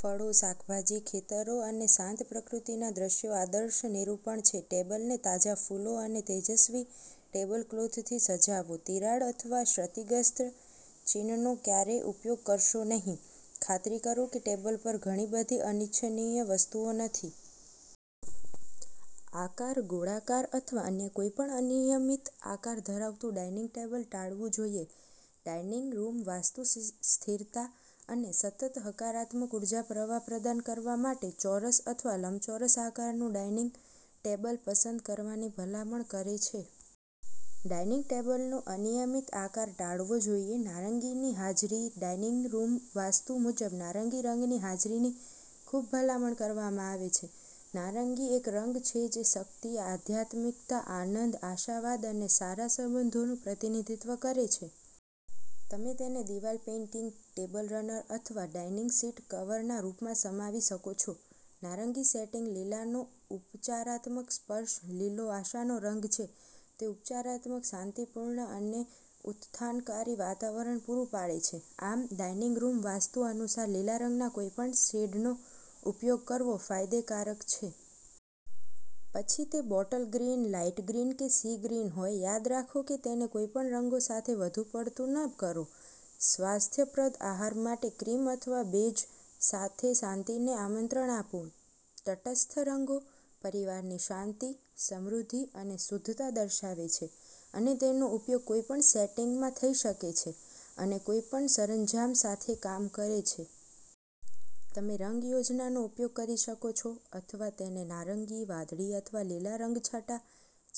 ફળો, શાકભાજી, ખેતરો અને શાંત પ્રકૃતિના દ્રશ્યો આદર્શ નિરૂપણ છે. ટેબલને તાજા ફૂલો અને તેજસ્વી ટેબલક્લોથથી સજાવો. તિરાડ અથવા ક્ષતિગ્રસ્ત ચીનનો ક્યારેય ઉપયોગ કરશો નહીં. ખાતરી કરો કે ટેબલ પર ઘણી બધી અનિચ્છનીય વસ્તુઓ નથી. આકાર: ગોળાકાર અથવા અન્ય કોઈપણ અનિયમિત આકાર ધરાવતું ડાઈનિંગ ટેબલ ટાળવું જોઈએ. ડાઇનિંગ રૂમ વાસ્તુ સ્થિરતા અને સતત હકારાત્મક ઊર્જા પ્રવાહ પ્રદાન કરવા માટે ચોરસ અથવા લંબચોરસ આકારનું ડાઇનિંગ ટેબલ પસંદ કરવાની ભલામણ કરે છે. ડાઇનિંગ ટેબલનો અનિયમિત આકાર ટાળવો જોઈએ. નારંગીની હાજરી. ડાઇનિંગ રૂમ વાસ્તુ મુજબ નારંગી રંગની હાજરીની ખૂબ ભલામણ કરવામાં આવે છે. નારંગી એક રંગ છે જે શક્તિ, આધ્યાત્મિકતા, આનંદ, આશાવાદ અને સારા સંબંધોનું પ્રતિનિધિત્વ કરે છે. તમે તેને દિવાલ પેઇન્ટિંગ, ટેબલ રનર અથવા ડાઇનિંગ સીટ કવરના રૂપમાં સમાવી શકો છો. નારંગી સેટિંગ. લીલાનો ઉપચારાત્મક સ્પર્શ. લીલો આશાનો રંગ છે. તે ઉપચારાત્મક, શાંતિપૂર્ણ અને ઉત્થાનકારી વાતાવરણ પૂરું પાડે છે. આમ, ડાઇનિંગ રૂમ વાસ્તુ અનુસાર લીલા રંગના કોઈપણ શેડનો ઉપયોગ કરવો ફાયદાકારક છે. પછી તે બોટલ ગ્રીન, લાઇટ ગ્રીન કે સી ગ્રીન હોય. યાદ રાખો કે તેને કોઈપણ રંગો સાથે વધુ પડતું ન કરો. સ્વાસ્થ્યપ્રદ આહાર માટે ક્રીમ અથવા બેજ સાથે શાંતિને આમંત્રણ આપો. તટસ્થ રંગો પરિવારની શાંતિ, સમૃદ્ધિ અને શુદ્ધતા દર્શાવે છે અને તેનો ઉપયોગ કોઈપણ સેટિંગમાં થઈ શકે છે અને કોઈપણ સરંજામ સાથે કામ કરે છે. તમે રંગ યોજનાનો ઉપયોગ કરી શકો છો અથવા તેને નારંગી, વાદળી અથવા લીલા રંગછટા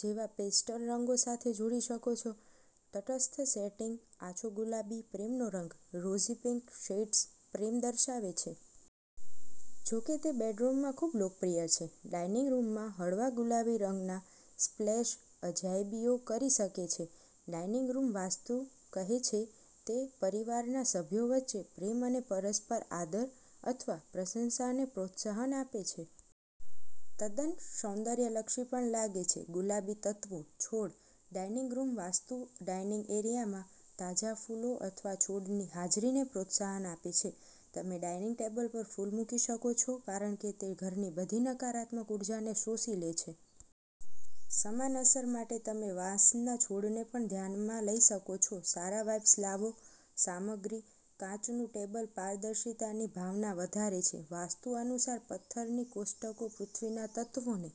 જેવા પેસ્ટલ રંગો સાથે જોડી શકો છો. તટસ્થ સેટિંગ. આછો ગુલાબી, પ્રેમનો રંગ. રોઝી પિંક શેડ્સ પ્રેમ દર્શાવે છે. જો કે તે બેડરૂમમાં ખૂબ લોકપ્રિય છે, ડાઇનિંગ રૂમમાં હળવા ગુલાબી રંગના સ્પ્લેશ અજાયબીઓ કરી શકે છે, ડાઇનિંગ રૂમ વાસ્તુ કહે છે. તે પરિવારના સભ્યો વચ્ચે પ્રેમ અને પરસ્પર આદર અથવા પ્રશંસાને પ્રોત્સાહન આપે છે. તદ્દન સૌંદર્યલક્ષી પણ લાગે છે. ગુલાબી તત્વો. છોડ. ડાઇનિંગ રૂમ વાસ્તુ ડાઇનિંગ એરિયામાં તાજા ફૂલો અથવા છોડની હાજરીને પ્રોત્સાહન આપે છે. તમે ડાઇનિંગ ટેબલ પર ફૂલ મૂકી શકો છો કારણ કે તે ઘરની બધી નકારાત્મક ઊર્જાને શોષી લે છે. સમાન અસર માટે તમે વાંસના છોડને પણ ધ્યાનમાં લઈ શકો છો. સારા વાઇબ્સ લાવો. સામગ્રી. કાચનું ટેબલ પારદર્શિતાની ભાવના વધારે છે. વાસ્તુ અનુસાર, પથ્થરની કોષ્ટકો પૃથ્વીના તત્વોને